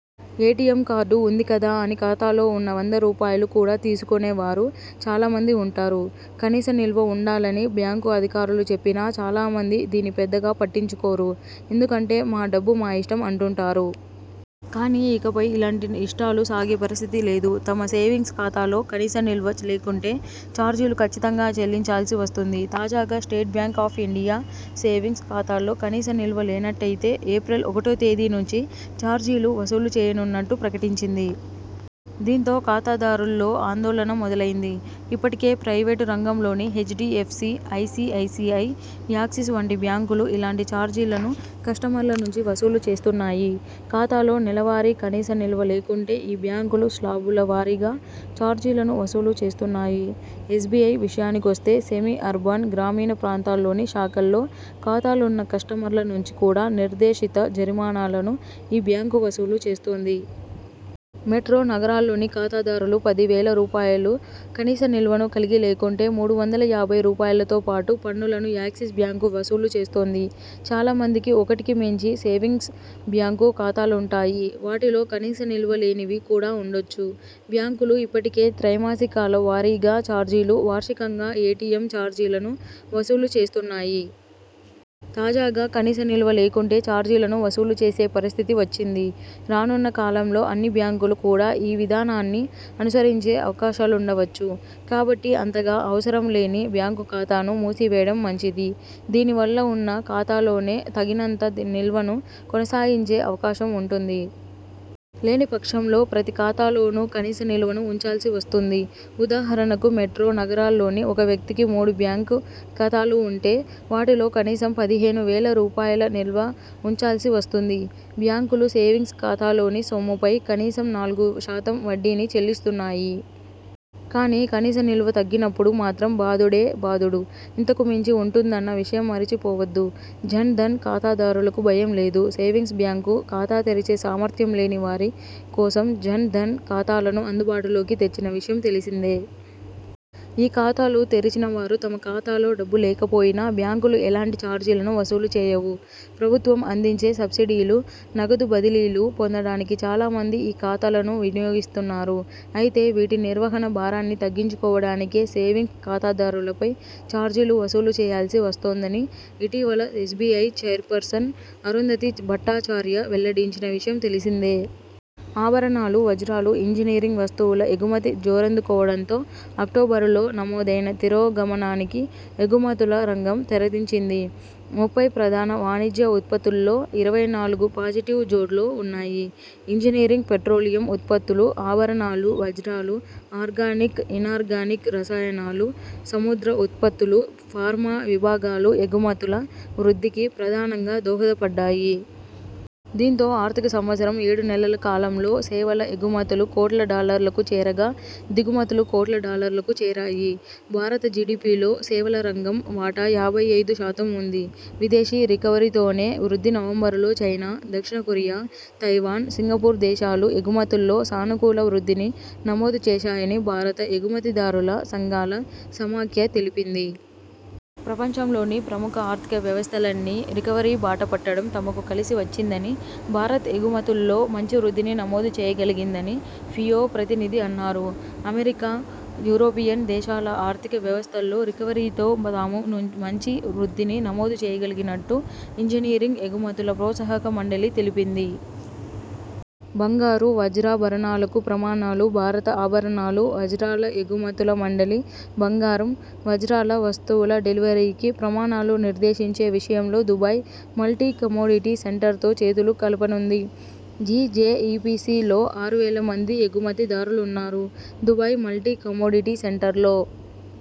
ఎ T M card ఉంది కదా అని ఖాతాలో ఉన్న వంద రూపాయలు కూడా తీసుకునే వారు చాలా మంది ఉంటారు. కనీస నిల్వ ఉండాలని బ్యాంకు అధికారులు చెప్పినా చాలా మంది దీన్ని పెద్దగా పట్టించుకోరు. ఎందుకంటే మా డబ్బు మా ఇష్టం అంటుంటారు. కానీ ఇకపై ఇలాంటి ఇష్టాలు సాగే పరిస్థితి లేదు. తమ సేవింగ్స్ ఖాతాలో కనీస నిల్వ లేకుంటే చార్జీలు కచ్చితంగా చెల్లించాల్సి వస్తుంది. తాజాగా state bank of India savings ఖాతాల్లో కనీస నిల్వ లేనట్టయితే ఏప్రిల్ ఒకటో తేదీ నుంచి చార్జీలు వసూలు చేయనున్నట్టు ప్రకటించింది. దీంతో ఖాతాదారుల్లో ఆందోళన మొదలైంది. ఇప్పటికే ప్రైవేటు రంగంలోని హెచ్.డి.ఎఫ్.సి, ఐ.సి.ఐ.సి.ఐ, యాక్సిస్ వంటి బ్యాంకులు ఇలాంటి చార్జీలను కస్టమర్ల నుంచి వసూలు చేస్తున్నాయి. ఖాతాలో నెలవారీ కనీస నిల్వ లేకుంటే ఈ బ్యాంకులు స్లాబుల వారీగా చార్జీలను వసూలు చేస్తున్నాయి. ఎస్బిఐ విషయానికొస్తే, సెమీ అర్బన్, గ్రామీణ ప్రాంతాల్లోని శాఖల్లో ఖాతాలున్న కస్టమర్ల నుంచి కూడా నిర్దేశిత జరిమానాలను ఈ బ్యాంకు వసూలు చేస్తోంది. మెట్రో నగరాల్లోని ఖాతాదారులు పది వేల రూపాయల కనీస నిల్వను కలిగి లేకుంటే మూడు వందల యాభై రూపాయలతోపాటు పన్నులను యాక్సిస్ బ్యాంకు వసూలు చేస్తోంది. చాలా మందికి ఒకటికి మించి సేవింగ్స్ బ్యాంకు ఖాతాలుంటాయి. వాటిలో కనీస నిల్వ లేనివి కూడా ఉండొచ్చు. బ్యాంకులు ఇప్పటికే త్రైమాసికాల వారీగా చార్జీలు, వార్షికంగా ఎ టి ఎం చార్జీలను వసూలు చేస్తున్నాయి. తాజాగా కనీస నిల్వ లేకుంటే చార్జీలను వసూలు చేసే పరిస్థితి వచ్చింది. రానున్న కాలంలో అన్ని బ్యాంకులు కూడా ఈ విధానాన్ని అనుసరించే అవకాశాలుండవచ్చు. కాబట్టి అంతగా అవసరం లేని బ్యాంకు ఖాతాను మూసివేయడం మంచిది. దీని వల్ల ఉన్న ఖాతాలోనే తగినంత నిల్వను కొనసాగించే అవకాశం ఉంటుంది. లేని పక్షంలో ప్రతి ఖాతాలోనూ కనీస నిల్వను ఉంచాల్సి వస్తుంది. ఉదాహరణకు మెట్రో నగరాల్లోని ఒక వ్యక్తికి మూడు బ్యాంకు ఖాతాలు ఉంటే.. వాటిలో కనీసం పదిహేను వేల రూపాయల నిల్వ ఉంచాల్సి వస్తుంది. బ్యాంకులు సేవింగ్స్ ఖాతాలోని సొమ్ముపై కనీసం నాలుగు శాతం వడ్డీని చెల్లిస్తున్నాయి. కానీ కనీస నిల్వ తగ్గినప్పుడు మాత్రం బాదుడే బాదుడు, ఇంతకు మించి ఉంటుందన్న విషయం మరిచి పోవొద్దు. జన్ ధన్ ఖాతాదారులకు భయం లేదు. సేవింగ్స్ బ్యాంకు ఖాతా తెరిచే సామర్థ్యం లేని వారి కోసం జన్ ధన్ ఖాతాలను అందుబాటులోకి తెచ్చిన విషయం తెలిసిందే. ఈ ఖాతాలు తెరిచిన వారు తమ ఖాతాలో డబ్బు లేకపోయినా బ్యాంకులు ఎలాంటి చార్జీలను వసూలు చేయవు. ప్రభుత్వం అందించే సబ్సిడీలు, నగదు బదిలీలు పొందడానికి చాలా మంది ఈ ఖాతాలను వినియోగిస్తున్నారు. అయితే వీటి నిర్వహణ భారాన్ని తగ్గించుకోవడానికే సేవింగ్స్ ఖాతాదారులపై చార్జీలు వసూలు చేయాల్సి వస్తోందని ఇటీవల ఎస్బిఐ చైర్పర్సన్ అరుంధతీ భట్టాచార్య వెల్లడించిన విషయం తెలిసిందే. ఆభరణాలు, వజ్రాలు, ఇంజనీరింగ్ వస్తువుల ఎగుమతి జోరందుకోవడంతో అక్టోబరులో నమోదైన తిరోగమనానికి ఎగుమతుల రంగం తెరదించింది. ముప్పై ప్రధాన వాణిజ్య ఉత్పత్తుల్లో ఇరవై నాలుగు పాజిటివ్ జోడ్లో ఉన్నాయి. ఇంజనీరింగ్, పెట్రోలియం ఉత్పత్తులు, ఆభరణాలు, వజ్రాలు, ఆర్గానిక్, ఇనార్గానిక్ రసాయనాలు, సముద్ర ఉత్పత్తులు, ఫార్మా విభాగాలు ఎగుమతుల వృద్ధికి ప్రధానంగా దోహదపడ్డాయి. దీంతో ఆర్థిక సంవత్సరం ఏడు నెలల కాలంలో సేవల ఎగుమతులు కోట్ల డాలర్లకు చేరగా దిగుమతులు కోట్ల డాలర్లకు చేరాయి. భారత జిడిపిలో సేవల రంగం వాటా యాభై ఐదు శాతం ఉంది. విదేశీ రికవరీతోనే వృద్ధి నవంబరులో చైనా, దక్షిణ కొరియా, తైవాన్, సింగపూర్ దేశాలు ఎగుమతుల్లో సానుకూల వృద్ధిని నమోదు చేశాయని భారత ఎగుమతిదారుల సంఘాల సమాఖ్య తెలిపింది. ప్రపంచంలోని ప్రముఖ ఆర్థిక వ్యవస్థలన్నీ రికవరీ బాట పట్టడం తమకు కలిసి వచ్చిందని, భారత్ ఎగుమతుల్లో మంచి వృద్ధిని నమోదు చేయగలిగిందని ఫియో ప్రతినిధి అన్నారు. అమెరికా, యూరోపియన్ దేశాల ఆర్థిక వ్యవస్థల్లో రికవరీతో తాము మంచి వృద్ధిని నమోదు చేయగలిగినట్టు ఇంజనీరింగ్ ఎగుమతుల ప్రోత్సాహక మండలి తెలిపింది. బంగారు, వజ్రాభరణాలకు ప్రమాణాలు భారత ఆభరణాలు, వజ్రాల ఎగుమతుల మండలి బంగారం, వజ్రాల వస్తువుల డెలివరీకి ప్రమాణాలు నిర్దేశించే విషయంలో దుబాయ్ మల్టీ కమోడిటీ సెంటర్తో చేతులు కలపనుంది. G J E P C లో ఆరు వేల మంది ఎగుమతి దారులున్నారు. దుబాయ్ మల్టీ కమోడిటీ సెంటర్లో